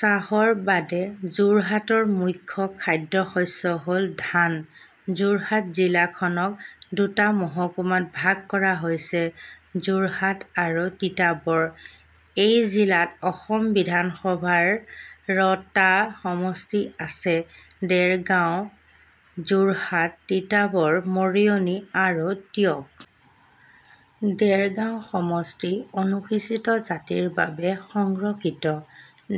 চাহৰ বাদে যোৰহাটৰ মুখ্য খাদ্য-শস্য হল ধান। যোৰহাট জিলাখনক দুটা মহকুমাত ভাগ কৰা হৈছে: যোৰহাট আৰু তিতাবৰ। এই জিলাত অসম বিধানসভা ৰ টা সমষ্টি আছে: দেৰগাঁও, যোৰহাট, তিতাবৰ, মৰিয়নি আৰু টিয়ক। দেৰগাঁও সমষ্টি অনুসূচিত জাতি ৰ বাবে সংৰক্ষিত।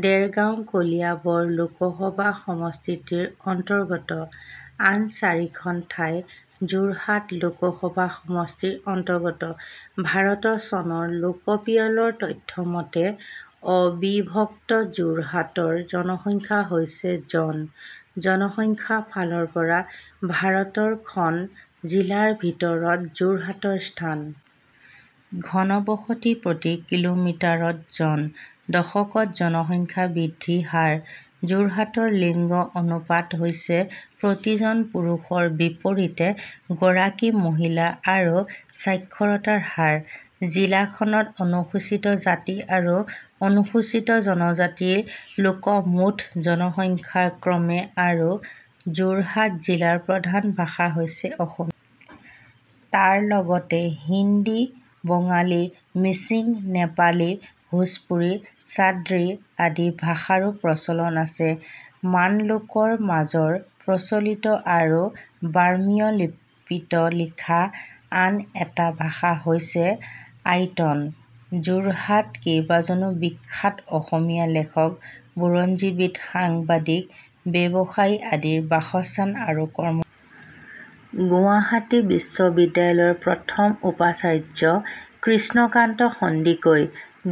দেৰগাঁও কলিয়াবৰ লোকসভা সমষ্টিৰ অন্তৰ্গত, আন চাৰিখন ঠাই যোৰহাট লোকসভা সমষ্টিৰ অন্তৰ্গত। ভাৰতৰ চনৰ লোকপিয়লৰ তথ্য মতে অবিভক্ত যোৰহাটৰ জনসংখ্যা হৈছে জন। জনসংখ্যাৰ ফালৰ পৰা ভাৰতৰ খন জিলাৰ ভিতৰত যোৰহাটৰ স্থান। ঘনবসতি প্ৰতি কিলোমিটাৰত জন। দশকত জনসংখ্যা বৃদ্ধিৰ হাৰ। যোৰহাটৰ লিঙ্গ অনুপাত হৈছে প্ৰতি জন পুৰুষৰ বিপৰীতে গৰাকী মহিলা আৰু সাক্ষৰতাৰ হাৰ। জিলাখনত অনুসূচিত জাতি আৰু অনুসূচিত জনজাতিৰ লোক মুঠ জনসংখ্যাৰ ক্ৰমে আৰু। যোৰহাট জিলাৰ প্ৰধান ভাষা হৈছে অসমীয়া। তাৰ লগতে হিন্দী, বঙালী, মিচিং, নেপালী, ভোজপুৰী, চাদ্ৰী আদি ভাষাৰো প্ৰচলন আছে। মান লোকৰ মাজৰ প্ৰচলিত আৰু বাৰ্মীয় লিপিত লিখা আন এটা ভাষা হৈছে আইটন। যোৰহাট কেইবাজনো বিখ্যাত অসমীয়া লেখক, বুৰঞ্জীবিদ, সাংবাদিক, ব্যৱসায়ী আদিৰ বাসস্থান আৰু কৰ্মস্থান। গুৱাহাটী বিশ্ববিদ্যালয় ৰ প্ৰথম উপাচাৰ্য কৃষ্ণকান্ত সন্দিকৈ,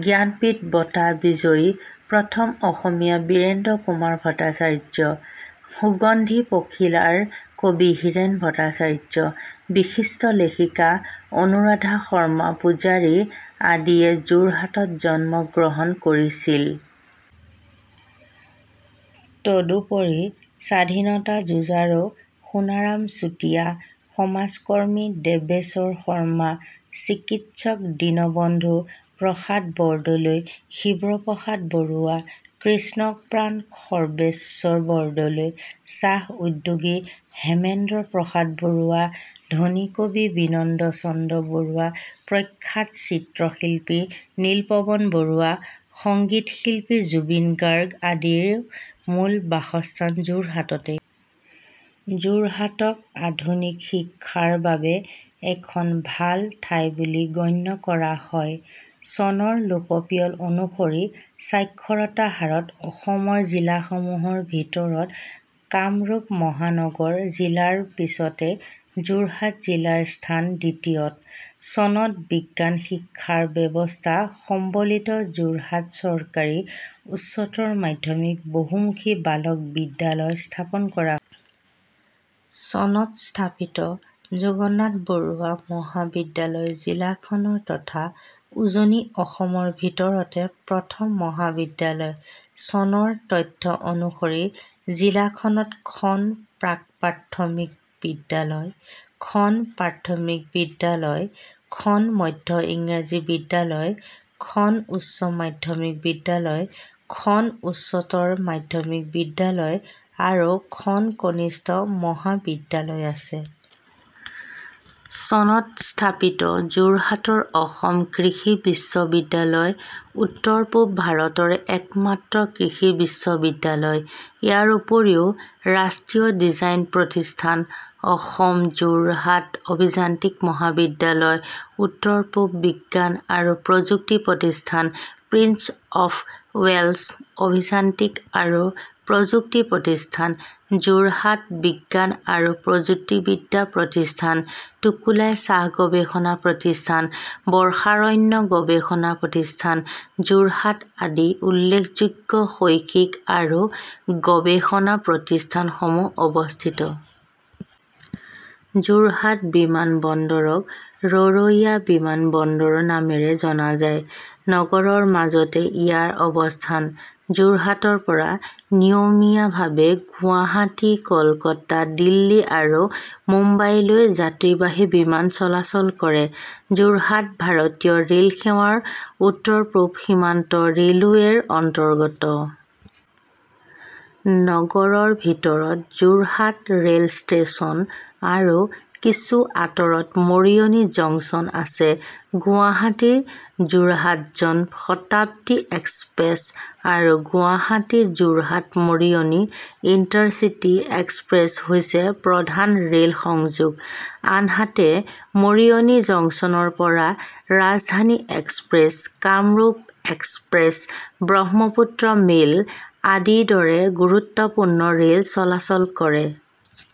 জ্ঞানপীঠ বঁটা বিজয়ী প্ৰথম অসমীয়া বীৰেন্দ্ৰ কুমাৰ ভট্টাচাৰ্য, ' সুগন্ধি পখিলা 'ৰ কবি হীৰেন ভট্টাচাৰ্য, বিশিষ্ট লেখিকা অনুৰাধা শৰ্মা পূজাৰী আদিয়ে যোৰহাটত জন্ম গ্ৰহণ কৰিছিল। তদুপৰি স্বাধীনতা যুঁজাৰু সোণাৰাম চুতীয়া, সমাজকৰ্মী দেবেশ্বৰ শৰ্মা, চিকিৎসক 'দীনবন্ধু' প্ৰসাদ বৰদলৈ, শিৱ প্ৰসাদ বৰুৱা, কৃষকপ্ৰাণ সৰ্বেশ্বৰ বৰদলৈ, চাহ উদ্যোগী হেমেন্দ্ৰ প্ৰসাদ বৰুৱা, ধ্বনিকবি বিনন্দ চন্দ্ৰ বৰুৱা ' প্ৰখ্যাত চিত্ৰশিল্পী নীলপৱন বৰুৱা ' সংগীতশিল্পী জুবিন গাৰ্গ আদিৰো মূল বাসস্থান যোৰহাটতে। যোৰহাটক আধুনিক শিক্ষাৰ বাবে এখন ভাল ঠাই বুলি গণ্য কৰা হয়। চনৰ লোকপিয়ল অনুসৰি স্বাক্ষৰতাৰ হাৰত অসমৰ জিলাসমূহৰ ভিতৰত কামৰূপ মহানগৰ জিলা ৰ পিছতে যোৰহাট জিলাৰ স্থান দ্বিতীয়ত। চনত বিজ্ঞান শিক্ষাৰ ব্যৱস্থা সম্বলিত যোৰহাট চৰকাৰী উচ্চতৰ মাধ্যমিক বহুমুখী বালক বিদ্যালয় স্থাপন কৰা হয়। চনত স্থাপিত জগন্নাথ বৰুৱা মহাবিদ্যালয় জিলাখনৰ তথা উজনি অসমৰ ভিতৰতে প্ৰথম মহাবিদ্যালয়। চনৰ তথ্য অনুসৰি জিলাখনত খন প্ৰাক-প্ৰাথমিক বিদ্যালয়, খন প্ৰাথমিক বিদ্যালয়, খন মধ্য ইংৰাজী বিদ্যালয়, খন উচ্চ মাধ্যমিক বিদ্যালয়, খন উচ্চতৰ মাধ্যমিক বিদ্যালয় আৰু খন কনিষ্ঠ মহাবিদ্যালয় আছে। চনত স্থাপিত যোৰহাটৰ অসম কৃষি বিশ্ববিদ্যালয় উত্তৰ-পূব ভাৰতৰে একমাত্ৰ কৃষি বিশ্ববিদ্যালয়। ইয়াৰ উপৰিও ৰাষ্ট্ৰীয় ডিজাইন প্ৰতিষ্ঠান, অসম, যোৰহাট অভিযান্ত্ৰিক মহাবিদ্যালয়, উত্তৰ-পূব বিজ্ঞান আৰু প্ৰযুক্তি প্ৰতিষ্ঠান, প্ৰিন্স অফ ৱেল্চ অভিযান্ত্ৰিক আৰু প্ৰযুক্তি প্ৰতিষ্ঠান, যোৰহাট বিজ্ঞান আৰু প্ৰযুক্তিবিদ্যা প্ৰতিষ্ঠান, টোকোলাই চাহ গৱেষণা প্ৰতিষ্ঠান, বৰ্ষাৰণ্য গৱেষণা প্ৰতিষ্ঠান, যোৰহাট আদি উল্লেখযোগ্য শৈক্ষিক আৰু গৱেষণা প্ৰতিষ্ঠানসমূহ অৱস্থিত। যোৰহাট বিমান বন্দৰক ৰৰৈয়া বিমানবন্দৰ নামেৰে জনা যায়। নগৰৰ মাজতে ইয়াৰ অৱস্থান। যোৰহাটৰ পৰা নিয়মীয়াভাৱে গুৱাহাটী, কলকাতা, দিল্লী আৰু মুম্বাইলৈ যাত্ৰীবাহী বিমান চলাচল কৰে। যোৰহাট ভাৰতীয় ৰেলসেৱাৰ উত্তৰ-পূব সীমান্ত ৰেলৱে ৰ অন্তৰ্গত। নগৰৰ ভিতৰত যোৰহাট ৰেল ষ্টেচন আৰু কিছু আঁতৰত মৰিয়নি জংচন আছে। গুৱাহাটী-যোৰহাটজন শতাব্দী এক্সপ্ৰেছ আৰু গুৱাহাটী-যোৰহাট-মৰিয়নি ইণ্টাৰচিটি এক্সপ্ৰেছ হৈছে প্ৰধান ৰেল সংযোগ। আনহাতে মৰিয়নি জংচনৰ পৰা Rajdhani express, Kamrup express, Brahmaputra mail আদিৰ দৰে গুৰুত্বপূৰ্ণ ৰেল চলাচল কৰে।